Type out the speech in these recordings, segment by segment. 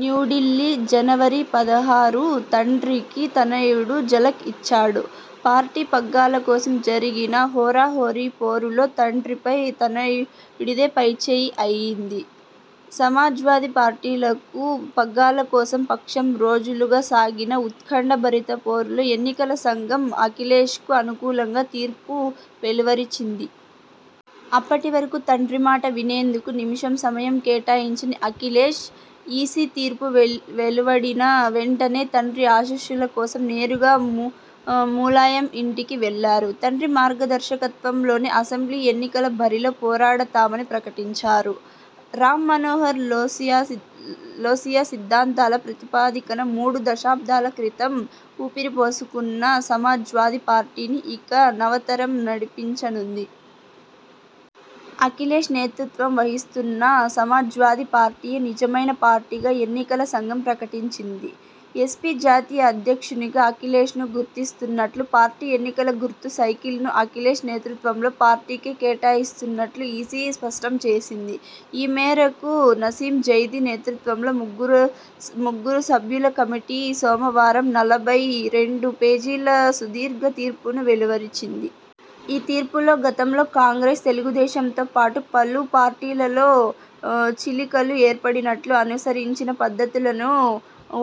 న్యూఢిల్లీ, జనవరి పదహారు తండ్రికి తనయుడు ఝలక్ ఇచ్చాడు. పార్టీ పగ్గాల కోసం జరిగిన హోరాహోరీ పోరులో తండ్రిపై తనయుడిదే పైచేయి అయింది. సమాజ్వాదీ పార్టీ పగ్గాల కోసం పక్షం రోజులుగా సాగిన ఉత్కంఠ భరిత పోరులో ఎన్నికల సంఘం అఖిలేశ్ కు అనుకూలంగా తీర్పు వెలువరించింది. అప్పటి వరకు తండ్రి మాట వినేందుకు నిమిషం సమయం కేటాయించని అఖిలేశ్, ఈసీ తీర్పు వెలువడిన వెంటనే తండ్రి ఆశీస్సుల కోసం నేరుగా ములాయం ఇంటికి వెళ్లారు. తండ్రి మార్గదర్శకత్వంలోనే అసెంబ్లీ ఎన్నికల బరిలో పోరాడుతామని ప్రకటించారు. రామ్ మనోహర్ లోహియా సిద్ధాంతాల ప్రాతిపదికన మూడు దశాబ్దాల క్రితం ఊపిరి పోసుకున్న సమాజ్వాది పార్టీని ఇక నవతరం నడిపించనుంది. అఖిలేశ్ నేతృత్వం వహిస్తున్న సమాజ్వాదీ పార్టీయే నిజమైన పార్టీగా ఎన్నికల సంఘం ప్రకటించింది. ఎస్పీ జాతీయ అధ్యక్షునిగా అఖిలేశ్ ను గుర్తిస్తున్నట్లు, పార్టీ ఎన్నికల గుర్తు సైకిల్ ను అఖిలేశ్ నేతృత్వంలోని పార్టీకే కేటాయిస్తున్నట్లు ఈసీ స్పష్టం చేసింది. ఈమేరకు నసీం జైదీ నేతృత్వంలోని ముగ్గురు సభ్యుల కమిటీ సోమవారం నలభై రెండు పేజీల సుదీర్ఘ తీర్పును వెలువరించింది. ఈ తీర్పులో గతంలో కాంగ్రెస్, తెలుగుదేశంతోపాటు పలు పార్టీలలో చీలికలు ఏర్పడినప్పుడు అనుసరించిన పద్ధతులనూ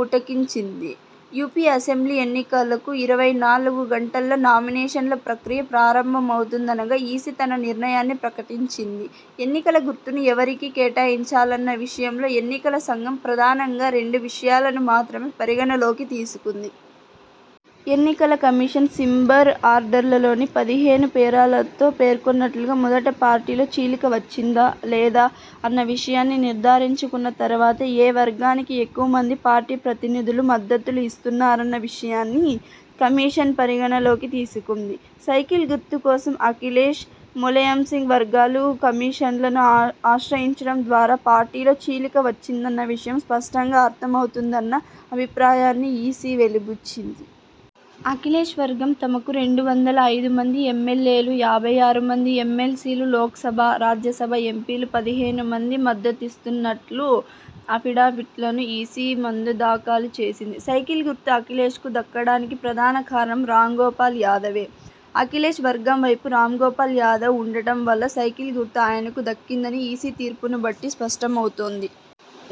ఉటంకించింది. యూపీ అసెంబ్లీ ఎన్నికలకు ఇరవై నాలుగు గంటల్లో నామినేషన్ల ప్రక్రియ ప్రారంభమవుతుందనగా ఈసీ తన నిర్ణయాన్ని ప్రకటించింది. ఎన్నికల గుర్తును ఎవరికి కేటాయించాలన్న విషయంలో ఎన్నికల సంఘం ప్రధానంగా రెండు విషయాలను మాత్రమే పరిగణలోకి తీసుకుంది. ఎన్నికల కమిషన్ సింబల్ ఆర్డర్లోని పదిహేనువ పేరాలో పేర్కొన్నట్లుగా మొదట పార్టీలో చీలిక వచ్చిందా? లేదా? అన్న విషయాన్ని నిర్ధారించుకున్న తర్వాత ఏ వర్గానికి ఎక్కువ మంది పార్టీ ప్రతినిధులు మద్దతు ఇస్తున్నారన్న విషయాన్ని కమిషన్ పరిగణలోకి తీసుకుంది. సైకిల్ గుర్తు కోసం అఖిలేశ్, ములాయంసింగ్ వర్గాలు కమిషన్ను ఆశ్రయించడం ద్వారా పార్టీలో చీలిక వచ్చిందన్న విషయం స్పష్టంగా అర్ధమవుతుందన్న అభిప్రాయాన్ని ఈసీ వెలిబుచ్చింది. అఖిలేశ్ వర్గం తమకు రెండు వందల ఐదు మంది ఎమ్మెల్యేలు, యాభై ఆరు మంది ఎమ్మెల్సీలు, లోక్సభ, రాజ్యసభ ఎంపీలు పదిహేను మంది మద్దతునిస్తున్నట్లు అఫిడవిట్లను ఈసీ ముందు దాఖలు చేసింది. సైకిల్ గుర్తు అఖిలేశ్ కు దక్కడానికి ప్రధాన కారణం రాంగోపాల్ యాదవే. అఖిలేశ్ వర్గం వైపు రాంగోపాల్ యాదవ్ ఉండటం వల్లే సైకిల్ గుర్తు ఆయనకు దక్కిందని ఈసీ తీర్పును బట్టి స్పష్టమవుతోంది.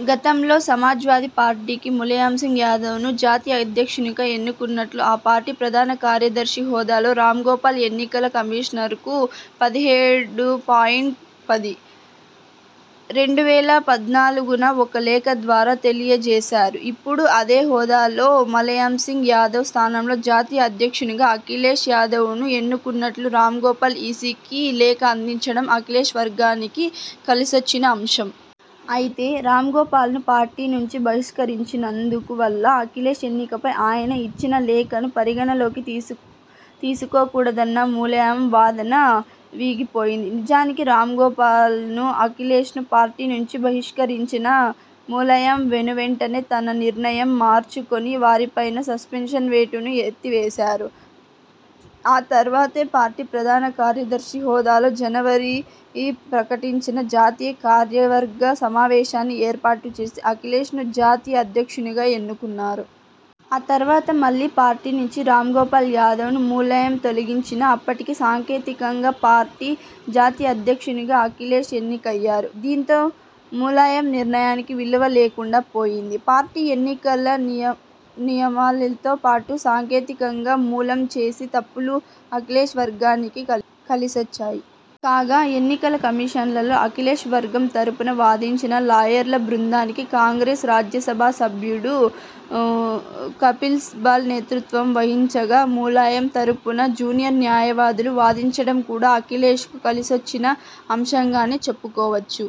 గతంలో సమాజ్వాది పార్టీకి ములాయంసింగ్ యాదవ్ ను జాతీయ అధ్యక్షునిగా ఎన్నుకున్నట్లు ఆ పార్టీ ప్రధాన కార్యదర్శి హోదాలో రాంగోపాల్ ఎన్నికల కమిషన్కు పదిహేడు పాయింట్ పది.రెండు వేల పద్నాలుగున ఒక లేఖ ద్వారా తెలియ జేశారు. ఇప్పుడు అదే హోదాలో ములాయంసింగ్ యాదవ్ స్థానంలో జాతీయ అధ్యక్షునిగా అఖిలేశ్ యాదవ్ను ఎన్నుకున్నట్లు రాంగోపాల్ ఈసీకి లేఖ అందించడం అఖిలేశ్ వర్గానికి కలిసొచ్చిన అంశం. అయితే రాంగోపాల్ను పార్టీ నుంచి బహిష్కరించినందు వల్ల అఖిలేశ్ ఎన్నికపై ఆయన ఇచ్చిన లేఖను పరిగణలోకి తీసుకో తీసుకోకూడదన్న ములాయం వాదన వీగిపోయింది. నిజానికి రాంగోపాల్ను, అఖిలేశ్ ను పార్టీ నుంచి బహిష్కరించిన ములాయం వెనువెంటనే తన నిర్ణయం మార్చుకొని వారిపైన సస్పెన్షన్ వేటును ఎత్తివేశారు. ఆ తర్వాతే పార్టీ ప్రధాన కార్యదర్శి హోదాలో జనవరి ఒకటిన జాతీయ కార్యవర్గ సమావేశాన్ని ఏర్పాటు చేసి అఖిలేశ్ ను జాతీయ అధ్యక్షునిగా ఎన్నుకున్నారు. ఆ తర్వాత మళ్లీ పార్టీ నుంచి రాంగోపాల్ యాదవ్ ను ములాయం తొలగించినా అప్పటికి సాంకేతికంగా పార్టీ జాతీయ అధ్యక్షునిగా అఖిలేశ్ ఎన్నికయ్యారు. దీంతో ములాయం నిర్ణయానికి విలువ లేకుండా పోయింది. పార్టీ ఎన్నికల నియమ నియమావళితో పాటు సాంకేతికంగా ములాం చేసిన తప్పులు అఖిలేశ్ వర్గానికి కలిసొచ్చాయి. కాగా ఎన్నికల కమిషన్లో అఖిలేశ్ వర్గం తరఫున వాదించిన లాయర్ల బృందానికి కాంగ్రెస్ రాజ్యసభ సభ్యుడు కపిల్సిబాల్ నేతృత్వం వహించగా, ములాయం తరపున జూనియర్ న్యాయవాదులు వాదించడం కూడా అఖిలేశ్ కు కలిసొచ్చిన అంశంగానే చెప్పకోవచ్చు.